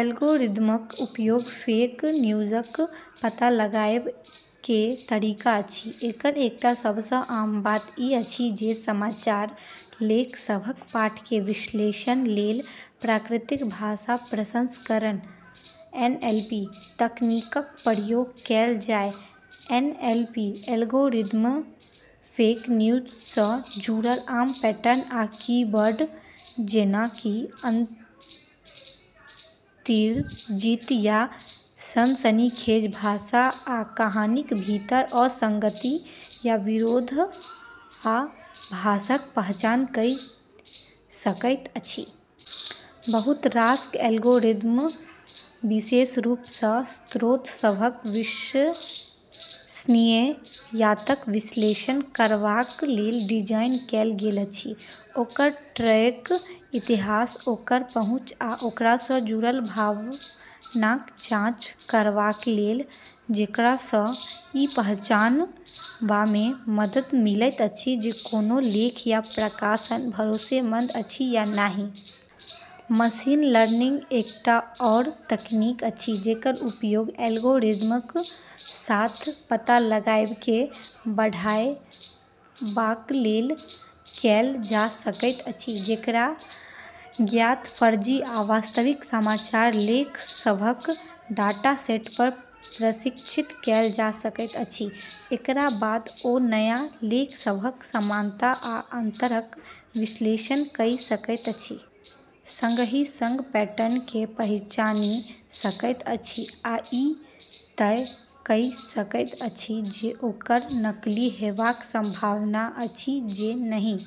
एल्गोरिदमक उपयोग फेक न्यूजक पता लगाएबाक कए तरीका अछि। एकर एकटा सबसँ आम बात ई अछि जे समाचार लेखसभक पाठकेँ विश्लेषणलेल प्राकृतिक भाषा प्रसंस्करण (एनएलपी) तकनीकक प्रयोग कएल जाए। एनएलपी एल्गोरिदम फेक न्यूजसँ जुड़ल आम पैटर्न आ कीवर्ड, जेना कि अतिरंजित या सनसनीखेज भाषा, आ कहानीक भीतर असंगति या विरोधाभासक पहचान कइ सकैत अछि। बहुत रास एल्गोरिदम विशेष रूपसँ स्रोतसभक विश्वसनीयताक विश्लेषण करबाकलेल डिजाइन कएल गेल अछि, ओकर ट्रैक इतिहास, ओकर पहुँच आ ओकरासँ जुड़ल भावनाक जांच करबाकलेल, जेकरासँ ई पहचानबामे मदद मिलैत अछि जे कोनो लेख या प्रकाशन भरोसेमंद अछि या नहि। मशीन लर्निंग एकटा आओर तकनीक अछि जेकर उपयोग एल्गोरिदमक साथ पता लगाएबकेँ बढ़ाएबाकलेल कएल जा सकैत अछि जेकरा ज्ञात फर्जी आ वास्तविक समाचार लेखसभक डाटासेटपर प्रशिक्षित कएल जा सकैत अछि। एकरा बाद ओ नया लेखसभक समानता आ अंतरक विश्लेषण कइ सकैत अछि, संगही संग पैटर्नकेँ पहिचानि सकैत अछि, आ ई तय कइ सकैत अछि जे ओकर नकली हेबाक संभावना अछि जे नहि।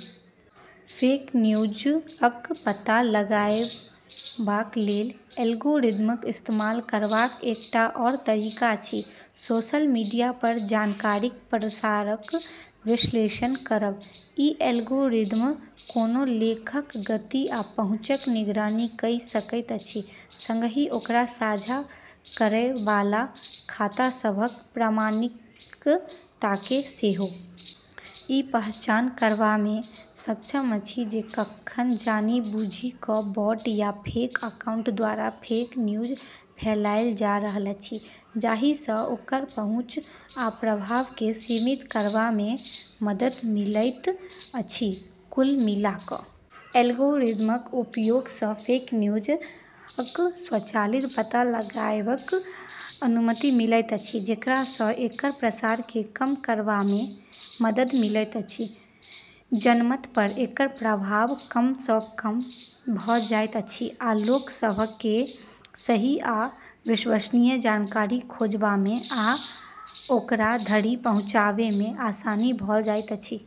फेक न्यूजक पता लगाएबाकलेल एल्गोरिदमक इस्तेमाल करबाक एकटा आओर तरीका अछि सोशल मीडियापर जानकारीक प्रसारक विश्लेषण करब। ई एल्गोरिदम कोनो लेखक गति आ पहुँचक निगरानी कइ सकैत अछि, संगही ओकरा साझा करैबाला खातासभक प्रामाणिकताकेँ सेहो। ई पहचान करबामे सक्षम अछि जे कखन जानि-बूझि कऽ बॉट या फेक अकाउंट द्वारा फेक न्यूज फैलाएल जा रहल अछि, जाहिसँ ओकर पहुँच आ प्रभावकेँ सीमित करबामे मदद मिलैत अछि। कुल मिला कऽ एल्गोरिदमक उपयोगसँ फेक न्यूजक स्वचालित पता लगाएबाक अनुमति मिलैत अछि, जेकरासँ एकर प्रसारकेँ कम करबामे मदद मिलैत अछि, जनमतपर एकर प्रभाव कम सँ कम भऽ जाइत अछि, आ लोकसभकेँ सही आ विश्वसनीय जानकारी खोजबामे आ ओकराधरि पहुँचबामे आसानी भऽ जाइत अछि।